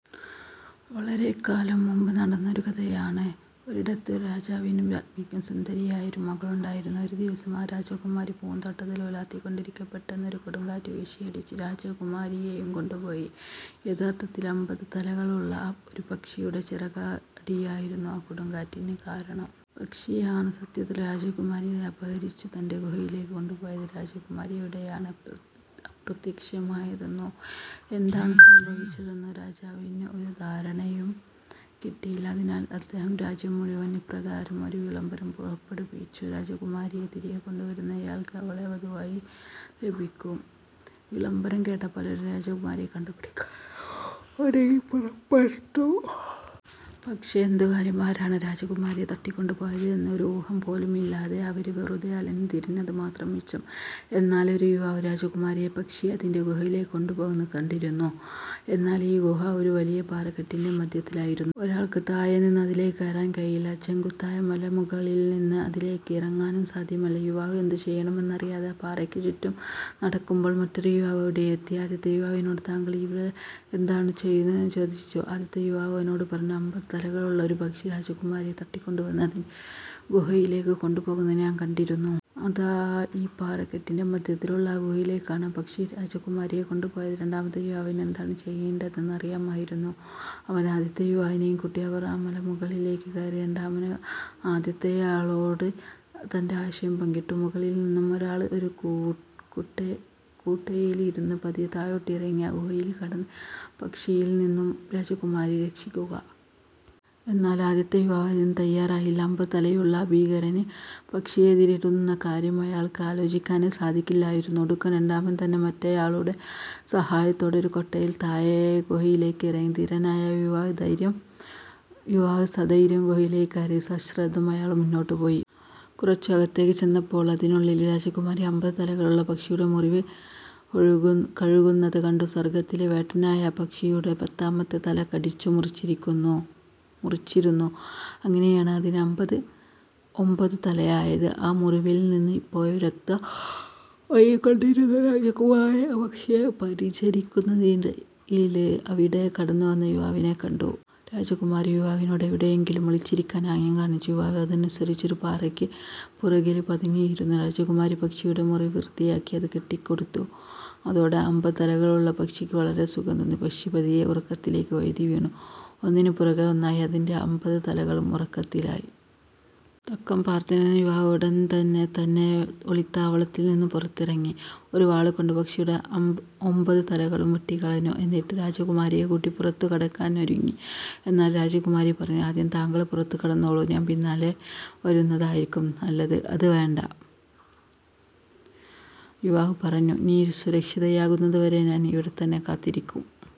വളരെക്കാലം മുമ്പ് നടന്ന ഒരു കഥയാണ്. ഒരിടത്ത് ഒരു രാജാവിനും രാജ്ഞിക്കും സുന്ദരിയായ ഒരു മകളുണ്ടായിരുന്നു. ഒരു ദിവസം, ആ രാജകുമാരി പൂന്തോട്ടത്തിൽ ഉലാത്തിക്കൊണ്ടിരിക്കെ, പെട്ടെന്ന് ഒരു കൊടുങ്കാറ്റ് വീശിയടിച്ച് രാജകുമാരിയെയും കൊണ്ടുപോയി. യദാര്ത്ഥത്തില് ഒമ്പത് തലകളുള്ള ഒരു പക്ഷിയുടെ ചിറകടിയായിരുന്നു ആ കൊടുങ്കാറ്റിന് കാരണം! പക്ഷിയാണ് സത്യത്തില് രാജകുമാരിയെ അപഹരിച്ചു തന്റെ ഗുഹയിലേക്ക് കൊണ്ടുപോയത്. രാജകുമാരി എവിടെയാണ് അപ്രത്യക്ഷമായതെന്നോ എന്താണ് സംഭവിച്ചതെന്നോ രാജാവിന് ഒരു ധാരണയും കിട്ടിയില്ല, അതിനാൽ അദ്ദേഹം രാജ്യം മുഴുവൻ ഇപ്രകാരം ഒരു വിളംബരം പുറപ്പെടുവിച്ചു: "രാജകുമാരിയെ തിരികെ കൊണ്ടുവരുന്നയാൾക്ക് അവളെ വധുവായി ലഭിക്കും! " വിളംബരം കേട്ട പലരും രാജകുമാരിയെ കണ്ടുപിടിക്കാന് ഒരുങ്ങി പുറപ്പെട്ടു. പക്ഷേ എന്തു കാര്യം? ആരാണ് രാജകുമാരിയെ തട്ടിക്കൊണ്ട് പോയത് എന്ന് ഒരു ഊഹം പോലുമില്ലാതെ അവര് വെറുതെ അലഞ്ഞു തിരിഞ്ഞത് മാത്രം മിച്ചം! എന്നാല് ഒരു യുവാവ് രാജകുമാരിയെ പക്ഷി അതിന്റെ ഗുഹയിലേക്ക് കൊണ്ടുപോകുന്നത് കണ്ടിരുന്നു. എന്നാല് ഈ ഗുഹ ഒരു വലിയ പാറക്കെട്ടിന്റെ മധ്യത്തിലായിരുന്നു. ഒരാൾക്ക് താഴെ നിന്ന് അതിലേക്ക് കയറാൻ കഴിയില്ല, ചെങ്കുത്തായ മലമുകളിൽ നിന്ന് അതിലേക്ക് ഇറങ്ങാനും സാധ്യമല്ല. യുവാവ് എന്തു ചെയ്യണമെന്ന് അറിയാതെ ആ പാറയ്ക്ക് ചുറ്റും നടക്കുമ്പോൾ, മറ്റൊരു യുവാവ് അവിടെയെത്തി. ആദ്യത്തെ യുവാവിനോട് താങ്കള് ഇവിടെ എന്താണ് ചെയ്യുന്നതെന്ന് ചോദിച്ചു. ആദ്യത്തെ യുവാവ് അവനോട് പറഞ്ഞു, "ഒമ്പത് തലകളുള്ള ഒരു പക്ഷി രാജകുമാരിയെ തട്ടിക്കൊണ്ടു വന്ന് അതിന്റെ ഗുഹയിലേക്ക് കൊണ്ട് പോകുന്നത് ഞാന് കണ്ടിരുന്നു. അതാ ഈ പാറക്കെട്ടിന്റെ മധ്യത്തിലുള്ള ആ ഗുഹായിലേയ്ക്കാണ് ആ പക്ഷി രാജകുമാരിയെ കൊണ്ട് പോയത്" രാണ്ടാമത്തെ യുവാവിന് എന്താണ് ചെയ്യേണ്ടതെന്ന് അറിയാമായിരുന്നു. അവൻ ആദ്യത്തെ യുവാവിനെയും കൂട്ടി അവർ ആ മലമുകളിലേയ്ക്ക് കയറി. രണ്ടാമന് ആദ്യത്തെയാളോട് തന്റെ ആശയം പങ്കിട്ടു. മുകളില് നിന്നും ഒരാള് ഒരു കൂട്ടയില് ഇരുന്ന് പതിയെ താഴോട്ട് ഇറങ്ങി ആ ഗുഹയില് കടന്ന് പക്ഷിയില് നിന്നും രാജകുമാരിയെ രക്ഷിക്കുക. എന്നാല് ആദ്യത്തെ യുവാവ് അതിന് തയ്യാറായില്ല. ഒമ്പത് തലയുള്ള ആ ഭീകരന് പക്ഷിയെ എതിരിടുന്ന കാര്യം അയാള്ക്ക് ആലോചിക്കാനേ സാധിക്കില്ലായിരുന്നു. ഒടുക്കം രണ്ടാമന് തന്നെ മറ്റെയാളുടെ സഹായത്തോടെ ഒരു കൊട്ടയിൽ താഴെ ഗുഹയിലേക്ക് ഇറങ്ങി. ധീരനായ ആ യുവാവ് സധൈര്യം ഗുഹയിലേക്ക് കയറി. സശ്രദ്ധം അയാള് മുന്നോട്ട് പോയി. കുറച്ചു അകത്തേയ്ക്ക് ചെന്നപ്പോള്, അതിനുള്ളില് രാജകുമാരി ഒമ്പത് തലകളുള്ള പക്ഷിയുടെ മുറിവ് കഴുകുന്നത് കണ്ടു. സ്വർഗ്ഗത്തിലെ വേട്ടനായ ആ പക്ഷിയുടെ പത്താമത്തെ തല കടിച്ചു മുറിച്ചിരുന്നു. അങ്ങിനെയാണ് അതിന് ഒമ്പത് തലയായത്. ആ മുറിവിൽ നിന്ന് ഇപ്പോഴും രക്തം ഒഴുകിക്കൊണ്ടിരുന്നു. രാജകുമാരി ആ പക്ഷിയെ പരിചരിക്കുന്നതിനിടയില്, അവിടെ കടന്നു വന്ന യുവാവിനെ കണ്ടു. രാജകുമാരി യുവാവിനോട് എവിടെയെങ്കിലും ഒളിച്ചിരിക്കാന് ആംഗ്യം കാണിച്ചു. യുവാവ് അതനുസരിച്ച് ഒരു പാറയ്ക്ക് പുറകില് പതുങ്ങിയിരുന്നു. രാജകുമാരി പക്ഷിയുടെ മുറിവ് വൃത്തിയാക്കി അത് കെട്ടിക്കൊടുത്തു. അതോടെ ഒമ്പത് തലകളുള്ള പക്ഷിക്ക് വളരെ സുഖം തോന്നി. പക്ഷി പതിയെ ഉറക്കത്തിലേയ്ക്ക് വഴുതി വീണു. ഒന്നിന് പുറകെ ഒന്നായി അതിന്റെ ഒമ്പത് തലകളും ഉറക്കത്തിലായി. തക്കം പാര്ത്തിരുന്ന യുവാവ് ഉടന് തന്നെ തന്നെ ഒളിത്താവളത്തിൽ നിന്ന് പുറത്തിറങ്ങി, ഒരു വാളുകൊണ്ട് പക്ഷിയുടെ ഒമ്പത് തലകളും വെട്ടിക്കളഞ്ഞു. എന്നിട്ട് രാജകുമാരിയെ കൂട്ടി പുറത്തു കടക്കാന് ഒരുങ്ങി. എന്നാൽ രാജകുമാരി പറഞ്ഞു: "ആദ്യം താങ്കള് പുറത്തു കടന്നോളൂ, ഞാൻ പിന്നാലെ വരുന്നതായിരിക്കും നല്ലത്. " "അത് വേണ്ട," യുവാവ് പറഞ്ഞു. "നീ സുരക്ഷിതയാകുന്നതുവരെ ഞാൻ ഇവിടെ തന്നെ കാത്തിരിക്കും. "